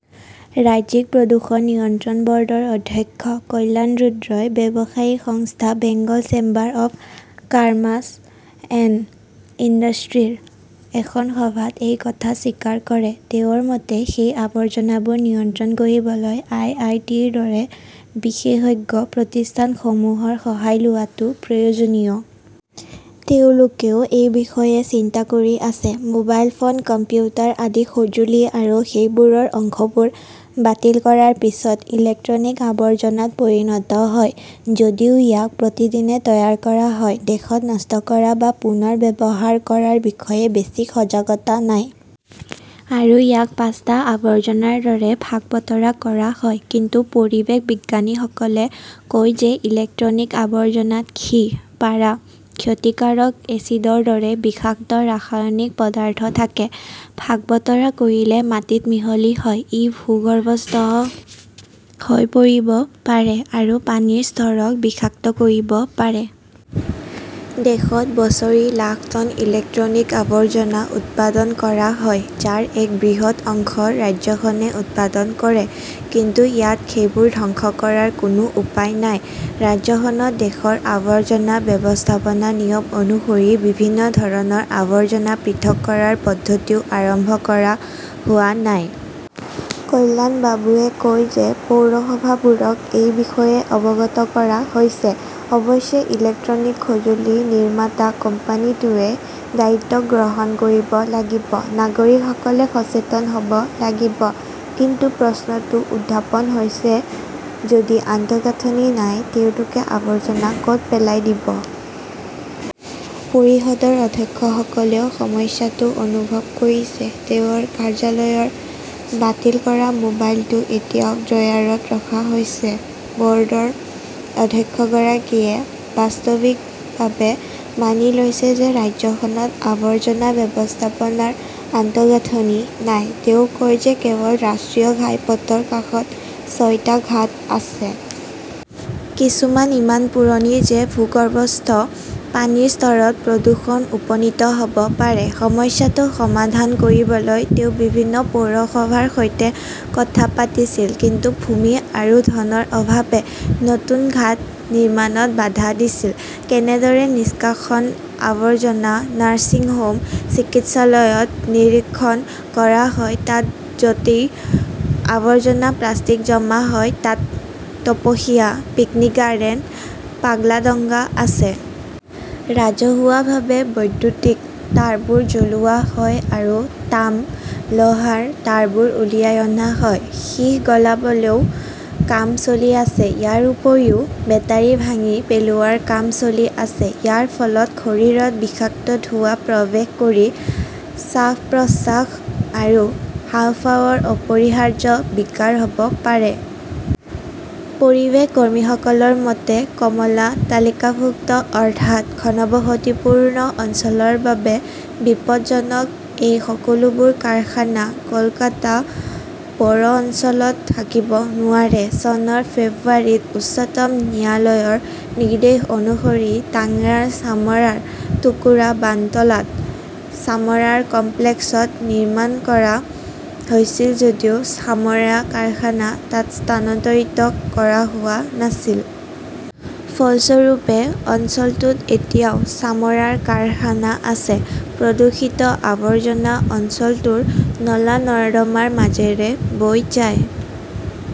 ৰাজ্যিক প্ৰদূষণ নিয়ন্ত্ৰণ বৰ্ডৰ অধ্যক্ষ কল্যাণ ৰুদ্ৰই ব্যৱসায়ী সংস্থা Bengal chamber of commerce and ইণ্ডাষ্ট্ৰীৰ এখন সভাত এই কথা স্বীকাৰ কৰে। তেওঁৰ মতে, সেই আৱৰ্জনাবোৰ নিয়ন্ত্ৰণ কৰিবলৈ আই. আই. টি. ৰ দৰে বিশেষজ্ঞ প্ৰতিষ্ঠানসমূহৰ সহায় লোৱাটো প্ৰয়োজনীয়। তেওঁলোকেও এই বিষয়ে চিন্তা কৰি আছে। মোবাইল ফোন, কম্পিউটাৰ আদি সঁজুলি আৰু সেইবোৰৰ অংশবোৰ বাতিল কৰাৰ পিছত ইলেক্ট্ৰনিক আৱৰ্জনাত পৰিণত হয়। যদিও ইয়াক প্ৰতিদিনে তৈয়াৰ কৰা হয়, দেশত নষ্ট কৰা বা পুনৰ ব্যৱহাৰ কৰাৰ বিষয়ে বেছি সজাগতা নাই। আৰু ইয়াক পাঁচটা আৱৰ্জনাৰ দৰে ভাগ-বতৰা কৰা হয়। কিন্তু পৰিৱেশ বিজ্ঞানীসকলে কয় যে ইলেক্ট্ৰনিক আৱৰ্জনাত সীহ, পাৰা, ক্ষতিকাৰক এচিডৰ দৰে বিষাক্ত ৰাসায়নিক পদাৰ্থ থাকে। ভাগ-বতৰা কৰিলে মাটিত মিহলি হয়। ই ভূগৰ্ভস্থ হৈ পৰিব পাৰে আৰু পানীৰ স্তৰক বিষাক্ত কৰিব পাৰে। দেশত বছৰি লাখ টন ইলেক্ট্ৰনিক আৱৰ্জনা উৎপাদন কৰা হয়, যাৰ এক বৃহৎ অংশ ৰাজ্যখনে উৎপাদন কৰে। কিন্তু ইয়াত সেইবোৰ ধ্বংস কৰাৰ কোনো উপায় নাই। ৰাজ্যখনত দেশৰ আৱৰ্জনা ব্যৱস্থাপনা নিয়ম অনুসৰি বিভিন্ন ধৰণৰ আৱৰ্জনা পৃথক কৰাৰ পদ্ধতিও আৰম্ভ কৰা হোৱা নাই। কল্যাণবাবুৱে কয় যে, পৌৰসভাবোৰক এই বিষয়ে অৱগত কৰা হৈছে। অৱশ্যে ইলেক্ট্ৰনিক সঁজুলি নিৰ্মাতা কোম্পানীটোৱে দায়িত্ব গ্ৰহণ কৰিব লাগিব। নাগৰিকসকলে সচেতন হব লাগিব। কিন্তু প্ৰশ্নটো উত্থাপন হৈছে, যদি আন্তঃগাঁথনি নাই তেওঁলোকে আৱৰ্জনা কত পেলাই দিব? পৰিষদৰ অধ্যক্ষসকলেও সমস্যাটো অনুভৱ কৰিছে। তেওঁৰ কাৰ্যালয়ৰ বাতিল কৰা মোবাইলটো এতিয়াও ড্ৰয়াৰত ৰখা হৈছে। বৰ্ডৰ অধ্যক্ষগৰাকীয়ে বাস্তৱিকভাৱে মানি লৈছে যে ৰাজ্যখনত আৱৰ্জনা ব্যৱস্থাপনাৰ আন্তঃগাঁথনি নাই। তেওঁ কয় যে কেৱল ৰাষ্ট্ৰীয় ঘাইপথ ৰ কাষত ছয়টা ঘাট আছে। কিছুমান ইমান পুৰণি যে ভূগৰ্ভস্থ পানীৰ স্তৰত প্ৰদূষণ উপনীত হব পাৰে। সমস্যাটো সমাধান কৰিবলৈ তেওঁ বিভিন্ন পৌৰসভাৰ সৈতে কথা পাতিছিল। কিন্তু ভূমি আৰু ধনৰ অভাৱে নতুন ঘাট নিৰ্মাণত বাধা দিছিল। কেনেদৰে নিষ্কাশন আৱৰ্জনা, নাৰ্ছিং হোম, চিকিৎসালয়ত নিৰীক্ষণ কৰা হয় তাত য'তেই আৱৰ্জনা প্লাষ্টিক জমা হয় তাত তপসিয়া, পিকনিক গাৰ্ডেন, পাগলাডঙ্গা আছে। ৰাজহুৱাভাৱে বৈদ্যুতিক তাঁৰবোৰ জ্বলোৱা হয় আৰু তাম, লোহাৰ তাঁৰবোৰ উলিয়াই অনা হয়। সীহ গলাবলৈও কাম চলি আছে। ইয়াৰ উপৰিও বেটাৰি ভাঙি পেলোৱাৰ কাম চলি আছে। ইয়াৰ ফলত শৰীৰত বিষাক্ত ধোঁৱা প্ৰৱেশ কৰি শ্বাস-প্ৰশ্বাস আৰু হাঁওফাঁওৰ অপৰিহাৰ্য বিকাৰ হব পাৰে। পৰিৱেশ কৰ্মীসকলৰ মতে, কমলা তালিকাভুক্ত অৰ্থাৎ ঘনবসতিপূৰ্ণ অঞ্চলৰ বাবে বিপদজনক এই সকলোবোৰ কাৰখানা কলকাতা পৌৰ অঞ্চলত থাকিব নোৱাৰে। চনৰ ফেব্ৰুৱাৰীত উচ্চতম ন্যায়ালয়ৰ নিৰ্দেশ অনুসৰি টাংৰাৰ চামৰাৰ টুকুৰা বান্টলাত চামৰাৰ কমপ্লেক্সত নিৰ্মাণ কৰা হৈছিল যদিও চামৰা কাৰখানা তাত স্থানান্তৰিত কৰা হোৱা নাছিল। ফলস্বৰূপে, অঞ্চলটোত এতিয়াও চামৰাৰ কাৰখানা আছে। প্ৰদূষিত আৱৰ্জনা অঞ্চলটোৰ নলা-নৰ্দমাৰ মাজেৰে বৈ যায়।